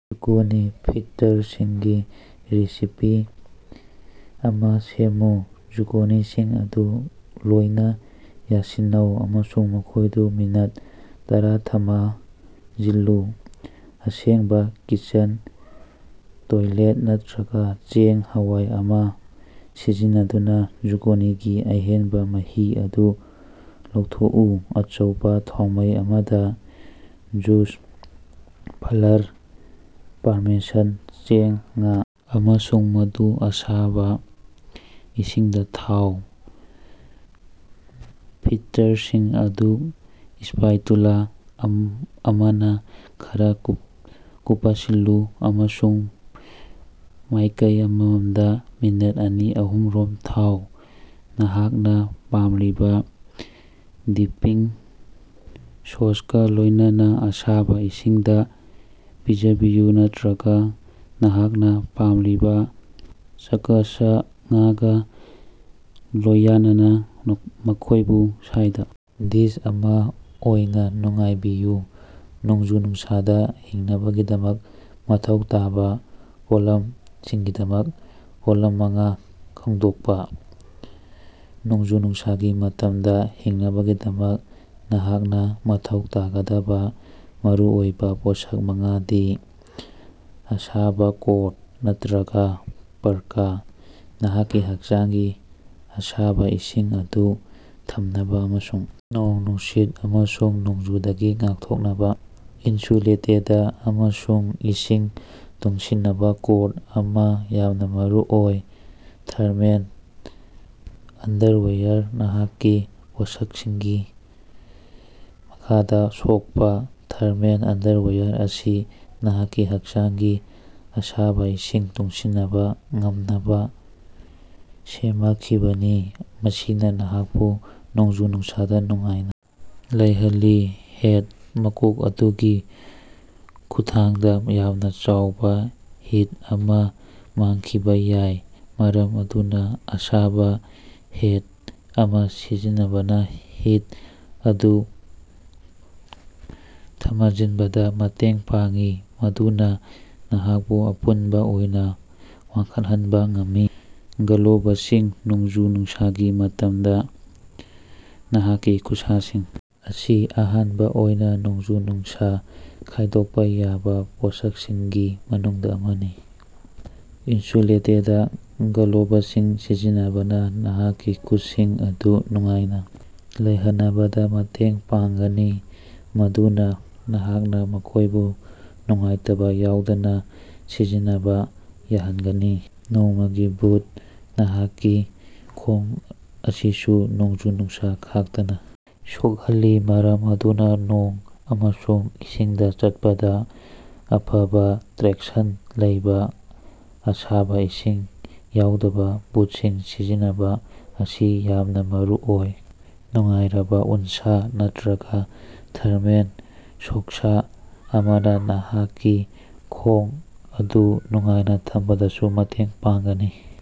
Zucchini ꯐ꯭ꯔꯤꯇꯔꯁꯤꯡꯒꯤ recipe ꯑꯃꯥ ꯁꯦꯝꯃꯨ꯫ ꯖꯨꯀꯣꯅꯤꯁꯤꯡ ꯑꯗꯨ ꯂꯣꯏꯅꯥ ꯌꯥꯟꯁꯤꯟꯅꯧ ꯑꯃꯁꯨꯡ ꯃꯈꯣꯢꯗꯨ ꯃꯤꯅꯠ ꯇꯔꯥꯊꯃꯖꯤꯜꯂꯨ꯫ ꯑꯁꯦꯡꯕꯥ ꯀꯤꯆꯟ ꯇꯣꯏꯂꯦꯠ ꯅꯠꯇ꯭ꯔꯒꯥ ꯆꯦꯡ-ꯍꯋꯥꯏ ꯑꯃꯥ ꯁꯤꯖꯤꯟꯅꯗꯨꯅꯥ ꯖꯨꯀꯣꯅꯤꯒꯤ ꯑꯍꯦꯟꯕꯥ ꯃꯍꯤ ꯑꯗꯨ ꯂꯧꯊꯣꯛꯎ꯫ ꯑꯆꯧꯕꯥ ꯊꯥꯎꯃꯩ ꯑꯃꯗꯥ ꯖꯨꯁ, ꯐ꯭ꯂꯔ, ꯄꯥꯔꯃꯦꯁꯟ ꯆꯦꯡ, ꯉꯥ, ꯑꯃꯁꯨꯡ ꯃꯗꯨ ꯑꯁꯥꯕꯥ ꯏꯁꯤꯡꯗꯥ ꯊꯥꯎ꯫ ꯐ꯭ꯔꯤꯇꯔꯁꯤꯡ ꯑꯗꯨ ꯁ꯭ꯄꯥꯏꯇꯨꯂꯥ ꯑꯃꯅꯥ ꯈꯔꯥ ꯀꯨꯄꯁꯤꯟꯂꯨ ꯑꯃꯁꯨꯡ ꯃꯥꯢꯀꯩ ꯑꯃꯃꯝꯗꯥ ꯃꯤꯅꯠ ꯑꯅꯤ ꯑꯍꯨꯝꯔꯣꯝ ꯊꯥꯎ꯫ ꯅꯍꯥꯛꯅꯥ ꯄꯥꯝꯂꯤꯕꯥ ꯗꯤꯞꯄꯤꯡ ꯁꯣꯁꯀꯥ ꯂꯣꯢꯅꯅꯥ ꯑꯁꯥꯕꯥ ꯏꯁꯤꯡꯗꯥ ꯄꯤꯖꯕꯤꯌꯨ ꯅꯠꯇ꯭ꯔꯒꯥ ꯅꯍꯥꯛꯅꯥ ꯄꯥꯝꯂꯤꯕꯥ ꯆꯥꯀꯁꯉꯒꯥ ꯂꯣꯌꯅꯅꯥ ꯃꯈꯣꯢꯕꯨ ꯁꯥꯏꯗ ꯗꯤꯁ ꯑꯃꯥ ꯑꯣꯏꯅꯥ ꯅꯨꯡꯉꯥꯏꯕꯤꯌꯨ꯫ ꯅꯣꯡꯖꯨ-ꯅꯨꯡꯁꯥꯗꯥ ꯍꯤꯡꯅꯕꯒꯤꯗꯃꯛ ꯃꯊꯧ ꯇꯥꯕꯥ ꯄꯣꯠꯂꯝ ꯁꯤꯡꯒꯤꯗꯃꯛ ꯄꯣꯠꯂꯝ ꯃꯉꯥ ꯈꯪꯗꯣꯛꯄꯥ꯫ ꯅꯣꯡꯖꯨ-ꯅꯨꯡꯁꯥꯒꯤ ꯃꯇꯝꯗꯥ ꯍꯤꯡꯅꯕꯒꯤꯗꯃꯛ ꯅꯍꯥꯛꯅꯥ ꯃꯊꯧ ꯇꯥꯒꯗꯕꯥ ꯃꯔꯨꯑꯣꯏꯕꯥ ꯄꯣꯠꯁꯛ ꯃꯉꯥꯗꯤ: ꯑꯁꯥꯕꯥ ꯀꯣꯠ ꯅꯠꯇ꯭ꯔꯒꯥ ꯄꯥꯔꯀꯥ: ꯅꯍꯥꯛꯀꯤ ꯍꯛꯆꯥꯡꯒꯤ ꯑꯁꯥꯕꯥ ꯏꯁꯤꯡ ꯑꯗꯨ ꯊꯝꯅꯕꯥ ꯑꯃꯁꯨꯡ ꯅꯣꯡ ꯅꯨꯡꯁꯤꯠ ꯑꯃꯁꯨꯡ ꯅꯣꯡꯖꯨꯗꯒꯤ ꯉꯥꯛꯊꯣꯛꯅꯕꯥ ꯏꯟꯁꯨꯂꯦꯇꯦꯗ ꯑꯃꯁꯨꯡ ꯏꯁꯤꯡ ꯇꯨꯡꯁꯤꯟꯅꯕꯥ ꯀꯣꯠ ꯑꯃꯥ ꯌꯥꯝꯅꯥ ꯃꯔꯨꯑꯣꯏ꯫ ꯊꯔꯃꯦꯜ ꯑꯟꯗꯔꯋꯦꯌꯔ ꯅꯍꯥꯛꯀꯤ ꯄꯣꯠꯁꯛꯁꯤꯡꯒꯤ ꯃꯈꯥꯗꯥ ꯁꯣꯛꯄꯥ, ꯊꯔꯃꯦꯜ ꯑꯟꯗꯔꯋꯦꯌꯔ ꯑꯁꯤ ꯅꯍꯥꯛꯀꯤ ꯍꯛꯆꯥꯡꯒꯤ ꯑꯁꯥꯕꯥ ꯏꯁꯤꯡ ꯇꯨꯡꯁꯤꯟꯕꯥ ꯉꯝꯅꯕꯥ ꯁꯦꯃꯈꯤꯕꯅꯤ, ꯃꯁꯤꯅꯥ ꯅꯍꯥꯛꯄꯨ ꯅꯣꯡꯖꯨ-ꯅꯨꯡꯁꯥꯗꯥ ꯅꯨꯡꯉꯥꯏꯅꯥ ꯂꯩꯍꯜꯂꯤ꯫ ꯍꯦꯠ: ꯃꯀꯣꯛ ꯑꯗꯨꯒꯤ ꯈꯨꯠꯊꯥꯡꯗꯥ ꯌꯥꯝꯅꯥ ꯆꯥꯎꯕꯥ ꯍꯤꯠ ꯑꯃꯥ ꯃꯥꯡꯈꯤꯕꯥ ꯌꯥꯏ, ꯃꯔꯝ ꯑꯗꯨꯅꯥ ꯑꯁꯥꯕꯥ ꯍꯦꯠ ꯑꯃꯥ ꯁꯤꯖꯤꯟꯅꯕꯅꯥ ꯍꯤꯠ ꯑꯗꯨ ꯊꯃꯖꯤꯟꯕꯗꯥ ꯃꯇꯦꯡ ꯄꯥꯡꯏ, ꯃꯗꯨꯅꯥ ꯅꯍꯥꯛꯄꯨ ꯑꯄꯨꯟꯕꯥ ꯑꯣꯏꯅꯥ ꯋꯥꯡꯈꯠꯍꯟꯕꯥ ꯉꯝꯃꯤ꯫ ꯒ꯭ꯂꯣꯕꯁꯤꯡ ꯅꯣꯡꯖꯨ-ꯅꯨꯡꯁꯥꯒꯤ ꯃꯇꯝꯗꯥ, ꯅꯍꯥꯛꯀꯤ ꯈꯨꯠꯁꯥꯁꯤꯡ ꯑꯁꯤ ꯑꯍꯥꯟꯕꯥ ꯑꯣꯏꯅꯥ ꯅꯣꯡꯖꯨ-ꯅꯨꯡꯁꯥ ꯈꯥꯢꯗꯣꯛꯄꯥ ꯌꯥꯕꯥ ꯄꯣꯠꯁꯛꯁꯤꯡꯒꯤ ꯃꯅꯨꯡꯗꯥ ꯑꯃꯅꯤ꯫ ꯏꯟꯁꯨꯂꯦꯇꯦꯗ ꯒ꯭ꯂꯣꯕꯁꯤꯡ ꯁꯤꯖꯤꯟꯅꯕꯅꯥ ꯅꯍꯥꯛꯀꯤ ꯈꯨꯠꯁꯥꯁꯤꯡ ꯑꯗꯨ ꯅꯨꯡꯉꯥꯏꯅꯥ ꯂꯩꯍꯅꯕꯗꯥ ꯃꯇꯦꯡ ꯄꯥꯡꯒꯅꯤ, ꯃꯗꯨꯅꯥ ꯅꯍꯥꯛꯅꯥ ꯃꯈꯣꯢꯕꯨ ꯅꯨꯡꯉꯥꯏꯇꯕꯥ ꯌꯥꯎꯗꯅꯥ ꯁꯤꯖꯤꯟꯅꯕꯥ ꯌꯥꯍꯟꯒꯅꯤ꯫ ꯅꯣꯡꯒꯤ ꯕꯨꯠ: ꯅꯍꯥꯛꯀꯤ ꯈꯣꯡ ꯑꯁꯤꯁꯨ ꯅꯣꯡꯖꯨ-ꯅꯨꯡꯁꯥ ꯈꯥꯛꯇꯅꯥ ꯁꯣꯛꯍꯜꯂꯤ ꯃꯔꯝ ꯑꯗꯨꯅꯥ ꯅꯣꯡ ꯑꯃꯁꯨꯡ ꯏꯁꯤꯡꯗꯥ ꯆꯠꯄꯗꯥ ꯑꯐꯕꯥ ꯇ꯭ꯔꯦꯛꯁꯟ ꯂꯩꯕꯥ ꯑꯁꯥꯕꯥ ꯏꯁꯤꯡ ꯌꯥꯎꯗꯕꯥ ꯕꯨꯠꯁꯤꯡ ꯁꯤꯖꯤꯟꯅꯕꯥ ꯑꯁꯤ ꯌꯥꯝꯅꯥ ꯃꯔꯨꯑꯣꯏ꯫ ꯅꯨꯡꯉꯥꯏꯔꯕꯥ ꯎꯅꯁꯥ ꯅꯠꯇ꯭ꯔꯒꯥ ꯊꯔꯃꯦꯜ ꯁꯣꯛꯁ ꯑꯃꯅꯥ ꯅꯍꯥꯛꯀꯤ ꯈꯣꯡ ꯑꯗꯨ ꯅꯨꯡꯉꯥꯏꯅꯥ ꯊꯝꯕꯗꯁꯨ ꯃꯇꯦꯡ ꯄꯥꯡꯒꯅꯤ꯫